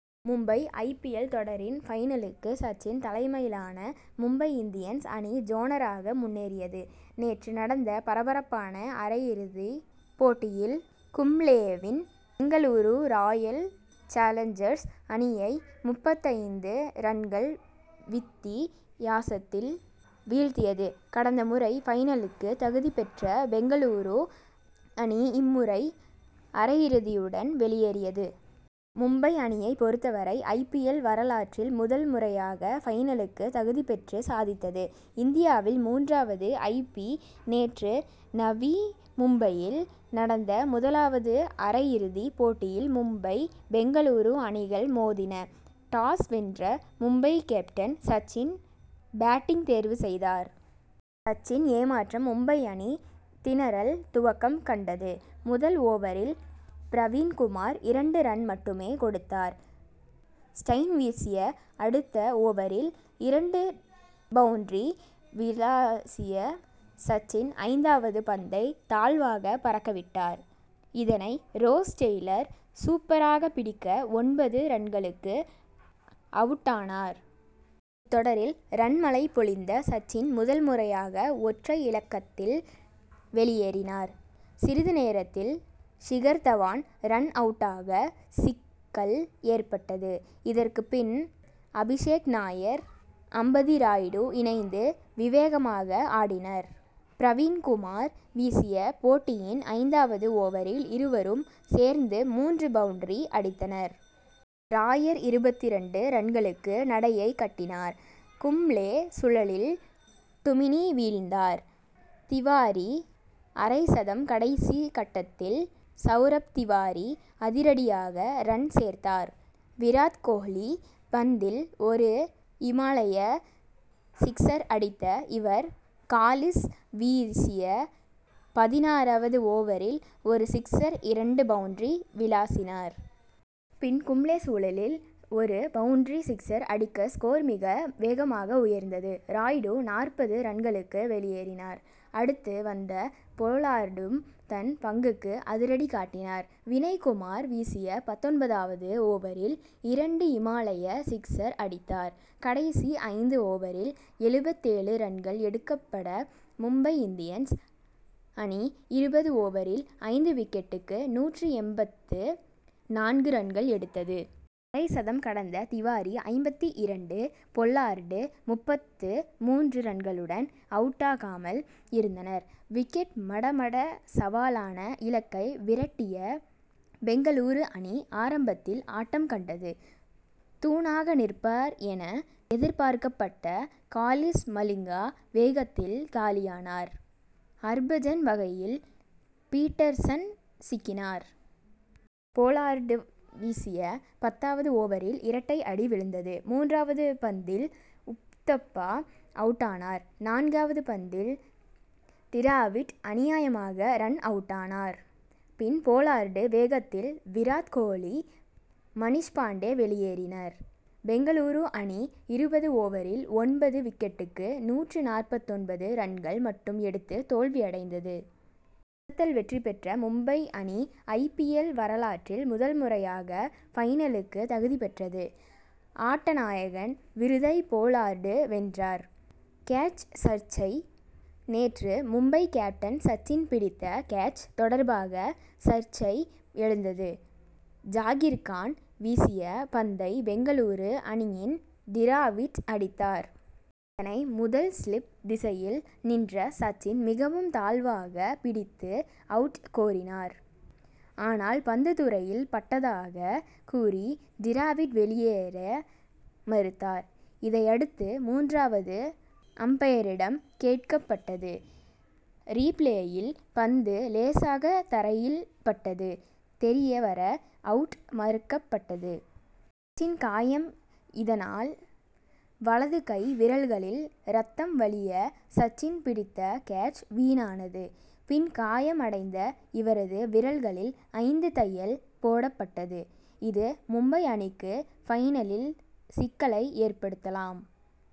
Mumbai I. P. L. தொடரின் பைனலுக்கு சச்சின் தலைமையிலான மும்பை இந்தியன்ஸ் அணி ஜோராக முன்னேறியது. நேற்று நடந்த பரபரப்பான அரையிறுதி போட்டியில் கும்ளேவின் பெங்களூரு ராயல் சாலஞ்சர்ஸ் அணியை முப்பத்தைந்து ரன்கள் வித்தி யாசத்தில் வீழ்த்தியது. கடந்த முறை பைனலுக்கு தகுதி பெற்ற பெங்களூரு அணி இம்முறை அரையிறுதியுடன் வெளியேறியது. மும்பை அணியை பொறுத்தவரை ஐ. பி. எல். வரலாற்றில் முதல் முறையாக பைனலுக்கு தகுதி பெற்று சாதித்தது. இந்தியாவில் மூன்றாவது ஐ. பி. நேற்று நவி மும்பையில் நடந்த முதலாவது அரையிறுதி போட்டியில் மும்பை பெங்களூரு அணிகள் மோதின. டாஸ் வென்ற மும்பை கேப்டன் சச்சின் பேட்டிங் தேர்வு செய்தார். சச்சின் ஏமாற்றம் மும்பை அணி திணறல் துவக்கம் கண்டது. முதல் ஓவரில் பிரவீண் குமார் இரண்டு ரன் மட்டுமே கொடுத்தார். ஸ்டைன் வீசிய அடுத்த ஓவரில் இரண்டு பவுண்டரி விளாசிய சச்சின் ஐந்தாவது பந்தை தாழ்வாக பறக்க விட்டார். இதனை ரோஸ் டெய்லர் சூப்பராக பிடிக்க ஒன்பது ரன்களுக்கு அவுட்டானார். இத்தொடரில் ரன் மழை பொழிந்த சச்சின் முதல் முறையாக ஒற்றை இலக்கத்தில் வெளியேறினார். சிறிது நேரத்தில் ஷிகர் தவான் ரன் அவுட்டாக சிக்கல் ஏற்பட்டது. இதற்கு பின் அபிஷேக் நாயர் அம்பதி ராயுடு இணைந்து விவேகமாக ஆடினர். பிரவீண் குமார் வீசிய போட்டியின் ஐந்தாவது ஓவரில் இருவரும் சேர்ந்து மூன்று பவுண்டரி அடித்தனர். நாயர் இருபத்திரண்டு ரன்களுக்கு நடையை கட்டினார். கும்ளே சுழலில் டுமினி வீழ்ந்தார். திவாரி அரைசதம்: கடைசி கட்டத்தில் சவுரப் திவாரி அதிரடியாக ரன் சேர்த்தார். விராத் கோஹ்லி பந்தில் ஒரு இமாலய சிக்சர் அடித்த இவர், காலிஸ் வீசிய பதினாறாவது ஓவரில் ஒரு சிக்சர் இரண்டு பவுண்டரி விளாசினார். பின் கும்ளே சுழலில் ஒரு பவுண்டரி சிக்சர் அடிக்கஸ்கோர் மிக வேகமாக உயர்ந்தது. ராயுடு நாற்பது ரன்களுக்கு வெளியேறினார். அடுத்து வந்த போலார்டும் தன் பங்குக்கு அதிரடி காட்டினார். வினய் குமார் வீசிய பத்தொன்பதாவது ஓவரில் இரண்டு இமாலய சிக்சர் அடித்தார். கடைசி ஐந்து ஓவரில் எழுபத்தேழு ரன்கள் எடுக்கப்பட, மும்பை இந்தியன்ஸ் அணிஇருபது ஓவரில் ஐந்து விக்கெட்டுக்கு நூற்று எண்பத்து நான்கு ரன்கள் எடுத்தது. அரைசதம் கடந்த திவாரிஐம்பத்து இரண்டு, பொல்லார்டு முப்பத்து மூன்று ரன்களுடன் அவுட்டா காமல் இருந்தனர். விக்கெட் மடமட சவாலான இலக்கை விரட்டிய பெங்களூரு அணி ஆரம்பத்தில் ஆட்டம் கண்டது. தூணாக நிற்பார் என எதிர்பார்க்கப்பட்ட காலிஸ் மலிங்கா வேகத்தில் காலியானார். ஹர்பஜன் வலையில் பீட்டர்சன் சிக்கினார். போலார்டு வீசிய பத்தாவது ஓவரில் இரட்டை அடி விழுந்தது. மூன்றாவது பந்தில் உத்தப்பா அவுட்டானார். நான்காவது பந்தில் டிராவிட் அநியாயமாக ரன் அவுட்டானார். பின் போலார்டு வேகத்தில் விராத் கோஹ்லி மனிஷ்பாண்டே வெளியேறினர். பெங்களூரு அணி இருபது ஓவரில் ஒன்பது விக்கெட்டுக்கு. நூற்று நாற்பத்தொன்பது ரன்கள். மட்டும் எடுத்து தோல்வி அடைந்தது. அசத்தல் வெற்றி பெற்ற மும்பை அணி ஐ. பி. எல். வரலாற்றில் முதல் முறையாக பைனலுக்கு தகுதி பெற்றது. ஆட்டநாயகன் விருதை போலார்டு வென்றார். கேட்ச் சர்ச்சை: நேற்று மும்பை கேப்டன் சச்சின் பிடித்த கேட்ச் தொடர்பாக சர்ச்சை எழுந்தது. ஜாகிர்கான் வீசிய பந்தை பெங்களூரு அணியின் டிராவிட் அடித்தார். அதனை முதல் ஸ்லிப் திசையில் நின்ற சச்சின் மிகவும் தாழ்வாக பிடித்து அவுட் கோரினார். ஆனால் பந்து தரையில் பட்டதாக கூறி டிராவிட் வெளியேற மறுத்தார். இதையடுத்து மூன்றாவது அம்பயரிடம் கேட்கப் பட்டது. ரீப்ளேயில் பந்து லேசாக தரையில் பட்டது தெரிய வர அவுட் மறுக்கப் பட்டது. சச்சின் காயம் இதனால் வலது கை விரல்களில் ரத்தம் வழிய சச்சின் பிடித்த கேட்ச் வீணானது. பின் காயம் அடைந்த இவரது விரல்களில் ஐந்து தையல் போடப்பட்டது. இது மும்பை அணிக்கு பைனலில் சிக்கலை ஏற்படுத்தலாம்.